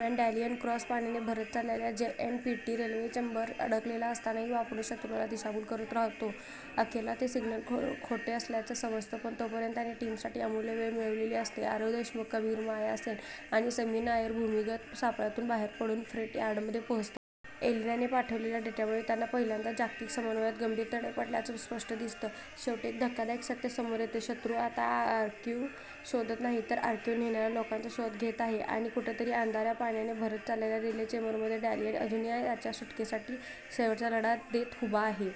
दरम्यान Daniel Cross पाण्याने भरत चाललेल्या जेएनपीटी रिले चेंबरमध्ये अडकलेला असतानाही वापरून शत्रूला दिशाभूल करत राहतो. अखेरला ते सिग्नल खोटे असल्याचं समजतं, पण तोपर्यंत त्याने टीमसाठी अमूल्य वेळ मिळवलेली असते. आरव देशमुख, कबीर, माया सेन आणि समीर नायर भूमिगत सापळ्यातून बाहेर पडून फ्रेट यार्डमध्ये पोहोचते. एलेनाने पाठवलेल्या डेटामुळे त्यांना पहिल्यांदाच जागतिक समन्वयात गंभीर तडे पडल्याचं स्पष्ट दिसतं. शेवटी एक धक्कादायक सत्य समोर येतं. शत्रू आता आर्काइव्ह शोधत नाही, तर आर्काइव्ह नेणाऱ्या लोकांचा शोध घेत आहे आणि कुठेतरी अंधाऱ्या, पाण्याने भरत चाललेल्या रिले चेंबरमध्ये डॅनियल अजूनही त्यांच्या सुटकेसाठी शेवटचा लढा देत उभा आहे.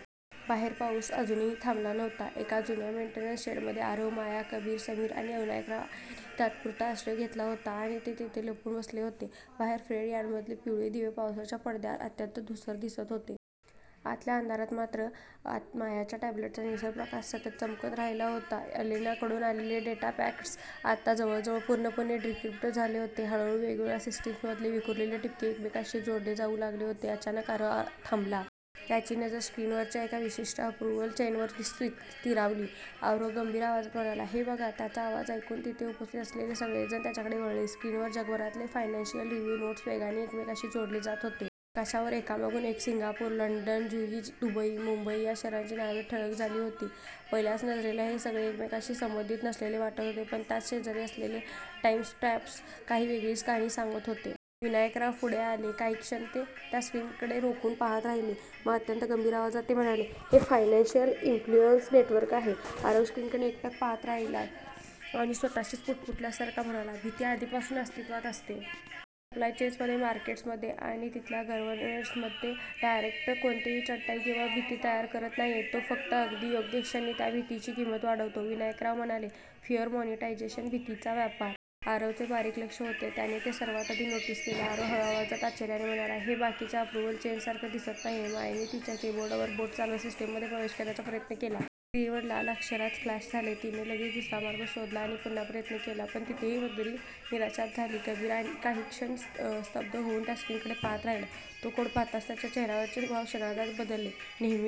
बाहेर पाऊस अजूनही थांबला नव्हता. एका जुन्या मेंटेनन्स शेडमध्ये आरव, माया, कबीर, समीर आणि विनायकराव यांनी तात्पुरता आश्रय घेतला होता आणि ते तिथे लपून बसले होते. बाहेर फ्रेट यार्डमधले पिवळे दिवे पावसाच्या पडद्याआड अत्यंत धूसर दिसत होते. आतल्या अंधारात मात्र मायाच्या टॅब्लेटचा निळसर प्रकाश सतत चमकत राहिला होता. एलेनाकडून आलेले डेटा पॅकेट्स आता जवळजवळ पूर्णपणे डिक्रिप्ट झाले होते. हळूहळू वेगवेगळ्या सिस्टीम्समधले विखुरलेले ठिपके एकमेकांशी जोडले जाऊ लागले होते. अचानक आरव थांबला. त्याची नजर स्क्रीनवरच्या एका विशिष्ट अप्रूव्हल चेनवर स्थिरावली. आरव गंभीर आवाजात म्हणाला, "हे बघा. " त्याचा आवाज ऐकून तिथे उपस्थित असलेले सगळे जण त्याच्याकडे वळले. स्क्रीनवर जगभरातले फायनान्शियल रिव्ह्यू नोड्स वेगाने एकमेकांशी जोडले जात होते. नकाशावर एकामागून एक Singapore, London, Zurich, Dubai, Mumbai या शहरांची नावे ठळक झाली होती. पहिल्या नजरेला हे सगळे एकमेकांशी संबंधित नसलेले वाटत होते, पण त्यांच्या शेजारी असलेले टाईमस्टॅम्प्स काही वेगळीच कहाणी सांगत होते. विनायकराव पुढे आले. काही क्षण ते त्या स्क्रीनकडे रोखून पाहत राहिले. मग अत्यंत गंभीर आवाजात ते म्हणाले, "हे फायनान्शियल इन्फ्लुएन्स नेटवर्क आहे. " आरव स्क्रीनकडे एकटक पाहतच राहिला आणि स्वतःशीच पुटपुटल्यासारखा म्हणाला, "भीती आधीपासूनच अस्तित्वात असते. सप्लाय चेन्स मध्ये, मार्केट्स मध्ये आणि तिथल्या गव्हर्नमेंट्स मध्ये. " "डायरेक्टर कोणतीही टंचाई किंवा भीती तयार करत नाहीये. तो फक्त अगदी योग्य क्षणी, त्या भीतीची किंमत वाढवतो. " विनायकराव म्हणाले, "फिअर मॉनिटायझेशन भीतीचा व्यापार! " आरवचे बारीक लक्ष होते, त्याने ते सर्वात आधी नोटीस केले. आरव हळू आवाजात, आश्चर्याने म्हणाला, "हे बाकीच्या अप्रूव्हल चेन्स सारखं दिसत नाहीये. " मायाने तिच्या कीबोर्डवर बोटे चालवत सिस्टीममध्ये प्रवेश करण्याचा प्रयत्न केला. पण स्क्रीनवर लाल अक्षरात फ्लॅश झाले. तीने लगेच दुसरा मार्ग शोधला आणि पुन्हा प्रयत्न केला, पण तिथेही पदरी निराशाच आली. कबीर काही क्षण स्तब्ध होऊन त्या स्क्रीनकडे पाहत राहिला. तो कोड पाहताच त्याच्या चेहऱ्यावरचे भाव क्षणार्धात बदलले. नेहमी